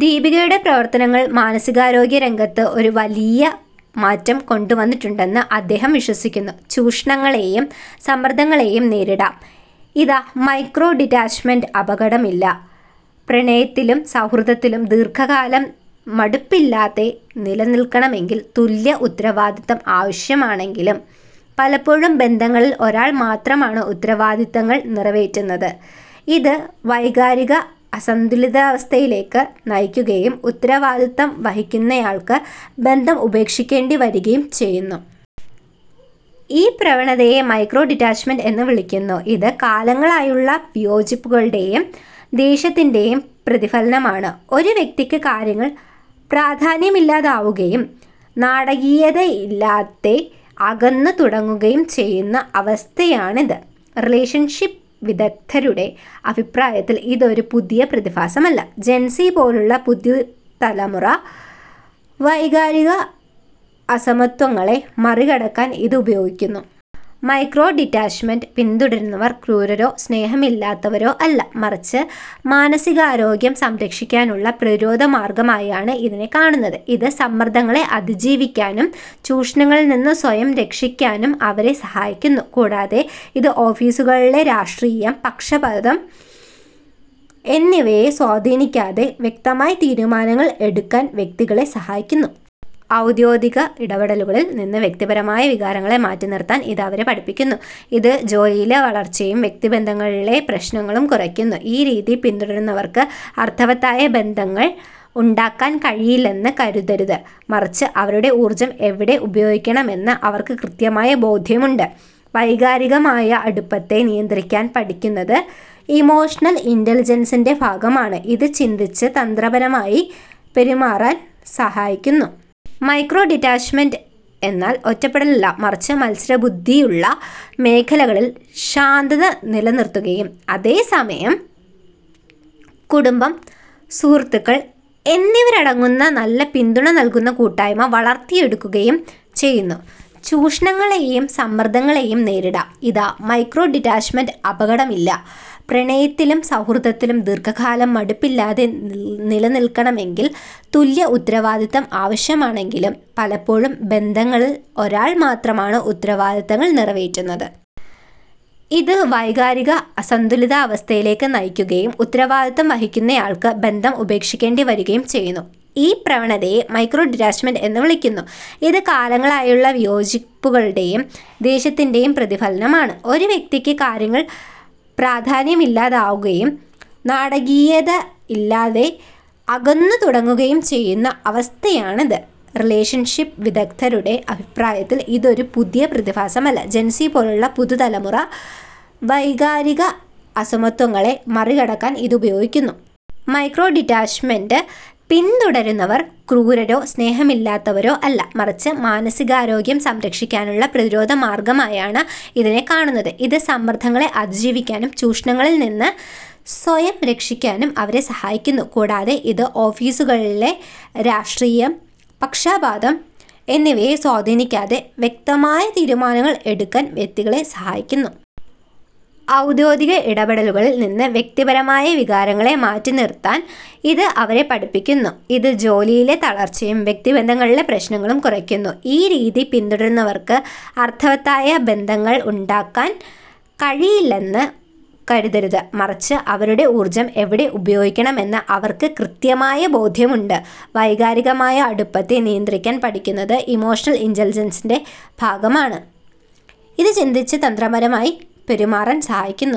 ദീപികയുടെ പ്രവർത്തനങ്ങൾ മാനസികാരോഗ്യ രംഗത്ത് ഒരു വലിയ മാറ്റം കൊണ്ടുവന്നിട്ടുണ്ടെന്ന് അദ്ദേഹം വിശ്വസിക്കുന്നു. ചൂഷണങ്ങളെയും സമ്മർദങ്ങളെയും നേരിടാം; ഇതാ മൈക്രോ ഡിറ്റാച്ച്മെന്റ്, അപകടമില്ല! പ്രണയത്തിലും സൗഹൃദത്തിലും ദീർഘകാലം മടുപ്പില്ലാതെ നിലനിൽക്കണമെങ്കിൽ തുല്യ ഉത്തരവാദിത്തം ആവശ്യമാണെങ്കിലും, പലപ്പോഴും ബന്ധങ്ങളിൽ ഒരാൾ മാത്രമാണ് ഉത്തരവാദിത്തങ്ങൾ നിറവേറ്റുന്നത്. ഇത് വൈകാരിക അസന്തുലിതാവസ്ഥയിലേക്ക് നയിക്കുകയും ഉത്തരവാദിത്തം വഹിക്കുന്നയാൾക്ക് ബന്ധം ഉപേക്ഷിക്കേണ്ടി വരികയും ചെയ്യുന്നു. ഈ പ്രവണതയെ മൈക്രോ ഡിറ്റാച്ച്മെന്റ് എന്ന് വിളിക്കുന്നു, ഇത് കാലങ്ങളായുള്ള വിയോജിപ്പുകളുടെയും ദേഷ്യത്തിന്റെയും പ്രതിഫലനമാണ്. ഒരു വ്യക്തിക്ക് കാര്യങ്ങൾ പ്രാധാന്യമില്ലാതാവുകയും നാടകീയതയില്ലാതെ അകന്നു തുടങ്ങുകയും ചെയ്യുന്ന അവസ്ഥയാണിത്. റിലേഷൻഷിപ് വിദഗ്ധരുടെ അഭിപ്രായത്തിൽ, ഇത് ഒരു പുതിയ പ്രതിഭാസമല്ല, ജെൻസി പോലുള്ള പുതുതലമുറ വൈകാരിക അസമത്വങ്ങളെ മറികടക്കാൻ ഇത് ഉപയോഗിക്കുന്നു. മൈക്രോ ഡിറ്റാച്ച്മെന്റ് പിന്തുടരുന്നവർ ക്രൂരരോ സ്നേഹമില്ലാത്തവരോ അല്ല, മറിച്ച് മാനസികാരോഗ്യം സംരക്ഷിക്കാനുള്ള പ്രതിരോധ മാർഗ്ഗമായാണ് ഇതിനെ കാണുന്നത്. ഇത് സമ്മർദ്ദങ്ങളെ അതിജീവിക്കാനും ചൂഷണങ്ങളിൽ നിന്ന് സ്വയം രക്ഷിക്കാനും അവരെ സഹായിക്കുന്നു. കൂടാതെ, ഇത് ഓഫീസുകളിലെ രാഷ്ട്രീയം, പക്ഷപാതം എന്നിവയെ സ്വാധീനിക്കാതെ വ്യക്തമായ തീരുമാനങ്ങൾ എടുക്കാൻ വ്യക്തികളെ സഹായിക്കുന്നു. ഔദ്യോഗിക ഇടപെടലുകളിൽ നിന്ന് വ്യക്തിപരമായ വികാരങ്ങളെ മാറ്റിനിർത്താൻ ഇത് അവരെ പഠിപ്പിക്കുന്നു, ഇത് ജോലിയിലെ തളർച്ചയും വ്യക്തിബന്ധങ്ങളിലെ പ്രശ്നങ്ങളും കുറയ്ക്കുന്നു. ഈ രീതി പിന്തുടരുന്നവർക്ക് അർത്ഥവത്തായ ബന്ധങ്ങൾ ഉണ്ടാക്കാൻ കഴിയില്ലെന്ന് കരുതരുത്, മറിച്ച് അവരുടെ ഊർജ്ജം എവിടെ ഉപയോഗിക്കണമെന്ന് അവർക്ക് കൃത്യമായ ബോധ്യമുണ്ട്. വൈകാരികമായ അടുപ്പത്തെ നിയന്ത്രിക്കാൻ പഠിക്കുന്നത് ഇമോഷണൽ ഇന്റലിജൻസിന്റെ ഭാഗമാണ്, ഇത് ചിന്തിച്ച് തന്ത്രപരമായി പെരുമാറാൻ സഹായിക്കുന്നു. മൈക്രോ ഡിറ്റാച്ച്മെന്റ് എന്നാൽ ഒറ്റപ്പെടലല്ല, മറിച്ച് മത്സരബുദ്ധിയുള്ള മേഖലകളിൽ ശാന്തത നിലനിർത്തുകയും അതേസമയം കുടുംബം, സുഹൃത്തുക്കൾ എന്നിവരടങ്ങുന്ന നല്ല പിന്തുണ നൽകുന്ന കൂട്ടായ്മ വളർത്തിയെടുക്കുകയും ചെയ്യുന്നു. ചൂഷണങ്ങളെയും സമ്മർദങ്ങളെയും നേരിടാം; ഇതാ മൈക്രോ ഡിറ്റാച്ച്മെന്റ്, അപകടമില്ല! പ്രണയത്തിലും സൗഹൃദത്തിലും ദീർഘകാലം മടുപ്പില്ലാതെ നിലനിൽക്കണമെങ്കിൽ തുല്യ ഉത്തരവാദിത്തം ആവശ്യമാണെങ്കിലും, പലപ്പോഴും ബന്ധങ്ങളിൽ ഒരാൾ മാത്രമാണ് ഉത്തരവാദിത്തങ്ങൾ നിറവേറ്റുന്നത്. ഇത് വൈകാരിക അസന്തുലിതാവസ്ഥയിലേക്ക് നയിക്കുകയും ഉത്തരവാദിത്തം വഹിക്കുന്നയാൾക്ക് ബന്ധം ഉപേക്ഷിക്കേണ്ടി വരികയും ചെയ്യുന്നു. ഈ പ്രവണതയെ മൈക്രോ ഡിറ്റാച്ച്മെന്റ് എന്ന് വിളിക്കുന്നു, ഇത് കാലങ്ങളായുള്ള വിയോജിപ്പുകളുടെയും ദേഷ്യത്തിന്റെയും പ്രതിഫലനമാണ്. ഒരു വ്യക്തിക്ക് കാര്യങ്ങൾ പ്രാധാന്യമില്ലാതാവുകയും നാടകീയതയില്ലാതെ അകന്നു തുടങ്ങുകയും ചെയ്യുന്ന അവസ്ഥയാണിത്. റിലേഷൻഷിപ് വിദഗ്ധരുടെ അഭിപ്രായത്തിൽ, ഇത് ഒരു പുതിയ പ്രതിഭാസമല്ല, ജെൻസി പോലുള്ള പുതുതലമുറ വൈകാരിക അസമത്വങ്ങളെ മറികടക്കാൻ ഇത് ഉപയോഗിക്കുന്നു. മൈക്രോ ഡിറ്റാച്ച്മെന്റ് പിന്തുടരുന്നവർ ക്രൂരരോ സ്നേഹമില്ലാത്തവരോ അല്ല, മറിച്ച് മാനസികാരോഗ്യം സംരക്ഷിക്കാനുള്ള പ്രതിരോധ മാർഗ്ഗമായാണ് ഇതിനെ കാണുന്നത്. ഇത് സമ്മർദ്ദങ്ങളെ അതിജീവിക്കാനും ചൂഷണങ്ങളിൽ നിന്ന് സ്വയം രക്ഷിക്കാനും അവരെ സഹായിക്കുന്നു. കൂടാതെ, ഇത് ഓഫീസുകളിലെ രാഷ്ട്രീയം, പക്ഷപാതം എന്നിവയെ സ്വാധീനിക്കാതെ വ്യക്തമായ തീരുമാനങ്ങൾ എടുക്കാൻ വ്യക്തികളെ സഹായിക്കുന്നു. ഔദ്യോഗിക ഇടപെടലുകളിൽ നിന്ന് വ്യക്തിപരമായ വികാരങ്ങളെ മാറ്റിനിർത്താൻ ഇത് അവരെ പഠിപ്പിക്കുന്നു, ഇത് ജോലിയിലെ തളർച്ചയും വ്യക്തിബന്ധങ്ങളിലെ പ്രശ്നങ്ങളും കുറയ്ക്കുന്നു. ഈ രീതി പിന്തുടരുന്നവർക്ക് അർത്ഥവത്തായ ബന്ധങ്ങൾ ഉണ്ടാക്കാൻ കഴിയില്ലെന്ന് കരുതരുത്, മറിച്ച് അവരുടെ ഊർജ്ജം എവിടെ ഉപയോഗിക്കണമെന്ന് അവർക്ക് കൃത്യമായ ബോധ്യമുണ്ട്. വൈകാരികമായ അടുപ്പത്തെ നിയന്ത്രിക്കാൻ പഠിക്കുന്നത് ഇമോഷണൽ ഇന്റലിജൻസിന്റെ ഭാഗമാണ്, ഇത് ചിന്തിച്ച് തന്ത്രപരമായി പെരുമാറാൻ സഹായിക്കുന്നു.